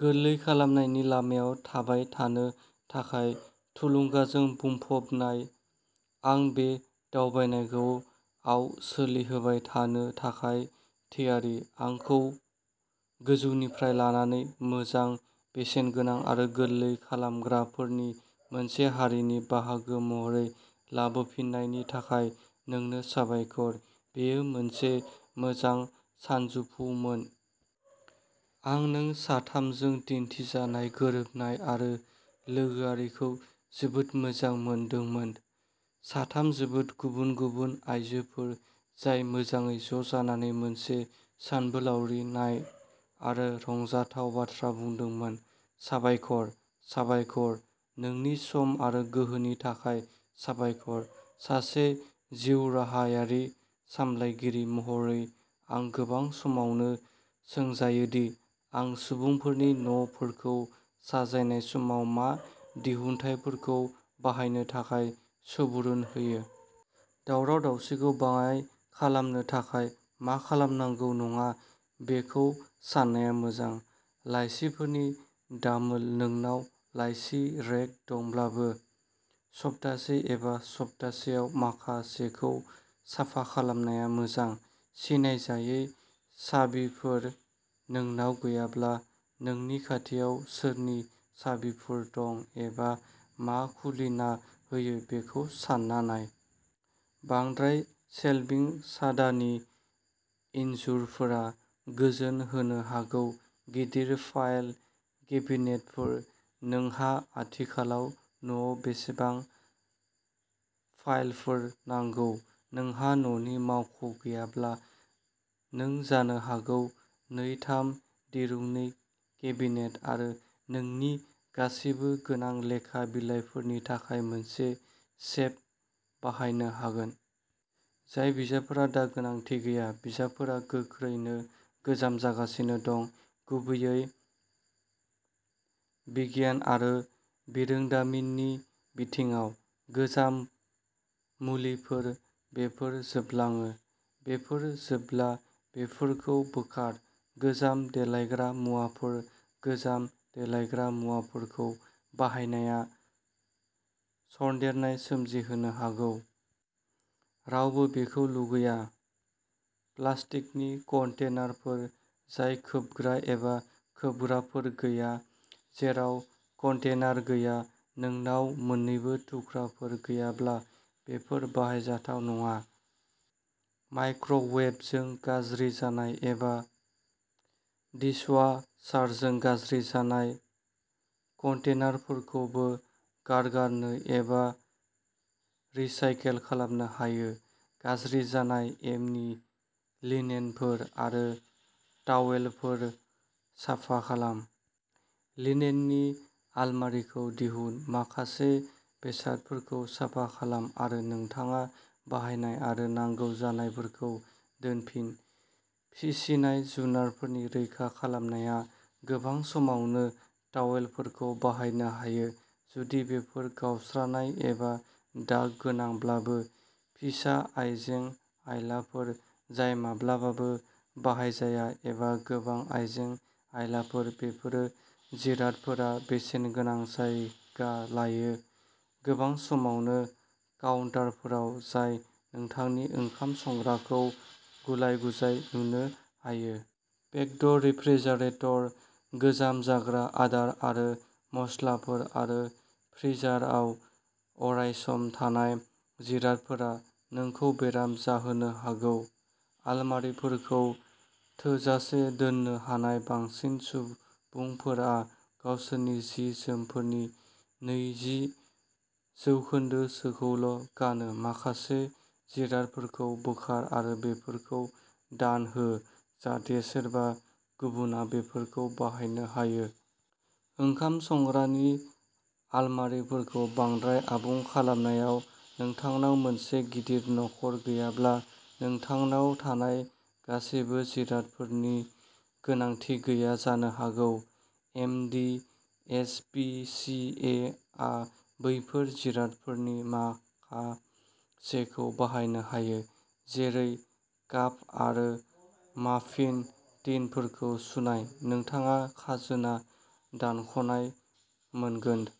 गोरलै खालामनायनि लामायाव थाबाय थानो थाखाय थुलुंगाजों बुंफबनाय। आं बे दावबायनायखौ आव सोलिहोबाय थानो थाखाय थियारि। आंखौ गोजौनिफ्राय लानानै मोजां, बेसेनगोनां आरो गोरलै खालामग्राफोरनि मोनसे हारिनि बाहागो महरै लाबोफिन्नायनि थाखाय नोंनो साबायखर। बेयो मोनसे मोजां सानजौफुमोन। आं नों साथामजों दिन्थिजानाय गोरोबनाय आरो लोगोआरिखौ जोबोद मोजां मोनदोंमोन। साथाम जोबोद गुबुन-गुबुन आयजोफोर जाय मोजाङै ज' जानानै मोनसे सानबोलावरिनाय आरो रंजाथाव बाथ्रा बुंदोंमोन। साबायखर, साबायखर, नोंनि सम आरो गोहोनि थाखाय साबायखर। सासे जिउ राहायारि सामलायगिरि महरै, आं गोबां समावनो सोंजायो दि आं सुबुंफोरनि न'फोरखौ साजायनाय समाव मा दिहुनथायफोरखौ बाहायनो थाखाय सुबुरुन होयो। दावराव-दावसिखौ बाङाइ खालामनो थाखाय मा खालामनांगौ नङा बेखौ साननाया मोजां। लाइसिफोरनि दामोल नोंनाव लाइसि रेक दंब्लाबो, सप्तासे एबा सप्तासेयाव माखासेखौ साफा खालामनाया मोजां। सिनायजायै साबिफोर नोंनाव गैयाब्ला। नोंनि खाथियाव सोरनि साबिफोर दं एबा मा खुलिना होयो, बेखौ सानना नाय। बांद्राय सेल्भिं-सादानि इनजुरफोरा गोजोन होनो हागौ। गिदिर फाइल केबिनेटफोर नोंहा आथिखालाव न'आव बेसेबां फाइलफोर नांगौ? नोंहा न'नि मावख' गैयाब्ला, नों जानो हागौ नै-थाम दिरुंनि केबिनेट आरो नोंनि गासिबो गोनां लेखा बिलाइफोरनि थाखाय मोनसे सेफ बाहायनो हागोन। जाय बिजाबफोरा दा गोनांथि गैया बिजाबफोरा गोख्रैनो गोजाम जागासिनो दं, गुबैयै बिगियान आरो बिरोंदामिननि बिथिङाव। गोजाम मुलिफोर बेफोर जोबलाङो। बेफोर जोबब्ला बेफोरखौ बोखार। गोजाम देलायग्रा मुवाफोर गोजाम देलायग्रा मुवाफोरखौ बाहायनाया सन्देरनाय सोमजिहोनो हागौ। रावबो बेखौ लुबैया। प्लास्टिकनि कन्टेनारफोर जाय खोबग्रा एबा खोबग्राफोर गैया जेराव कन्टेनार गैया-नोंनाव मोन्नैबो थुख्राफोर गैयाब्ला, बेफोर बाहायजाथाव नङा। माइक्र'वेभजों गाज्रि जानाय एबा डिशवाशारजों गाज्रि जानाय कन्टेनारफोरखौबो गारगारनो एबा रिसाइकेल खालामनो हायो। गाज्रि जानाय एमनि लिनेनफोर आरो तावेलफोर साफा खालाम। लिनेननि आलमारिखौ दिहुन, माखासे बेसादफोरखौ साफा खालाम आरो नोंथाङा बाहायनाय आरो नांगौ जानायफोरखौ दोनफिन। फिसिनाय जुनारफोरनि रैखा खालामनाया गोबां समावनो टावेलफोरखौ बाहायनो हायो, जुदि बेफोर गावस्रानाय एबा दाग गोनांब्लाबो। फिसा आइजें आइलाफोर जाय माब्लाबाबो बाहायजाया एबा गोबां आइजें आइलाफोर बेफोर जिरादफोरा बेसेनगोनां जायगा लायो, गोबां समावनो काउन्टारफोराव जाय नोंथांनि ओंखाम संग्राखौ गुलाय-गुजाय नुनो हायो। पेक्ड रेफ्रिजारेटर गोजाम जाग्रा आदार आरो मसलाफोर आरो फ्रिजाराव अरायसम थानाय जिरादफोरा नोंखौ बेराम जाहोनो हागौ। आलमारिफोरखौ थोजासे दोन्नो हानाय बांसिन सुबुंफोरा गावसोरनि जि-जोमफोरनि नैजि जौखोन्दोसोखौल' गानो। माखासे जिरादफोरखौ बोखार आरो बेफोरखौ दान हो जाहाथे सोरबा गुबुनआ बेफोरखौ बाहायनो हायो। ओंखाम संग्रानि आलमारिफोरखौ बांद्राय आबुं खालामनाययाव नोंथांनाव मोनसे गिदिर नखर गैयाब्ला, नोंथांनाव थानाय गासिबो जिरादफोरनि गोनांथि गैया जानो हागौ। M D S P C A आ बैफोर जिरादफोरनि माखासेखौ बाहायनो हायो, जेरै काप आरो माफिन टिनफोरखौ सुनाय। नोंथाङा खाजोना दानख'नाय मोनगोन।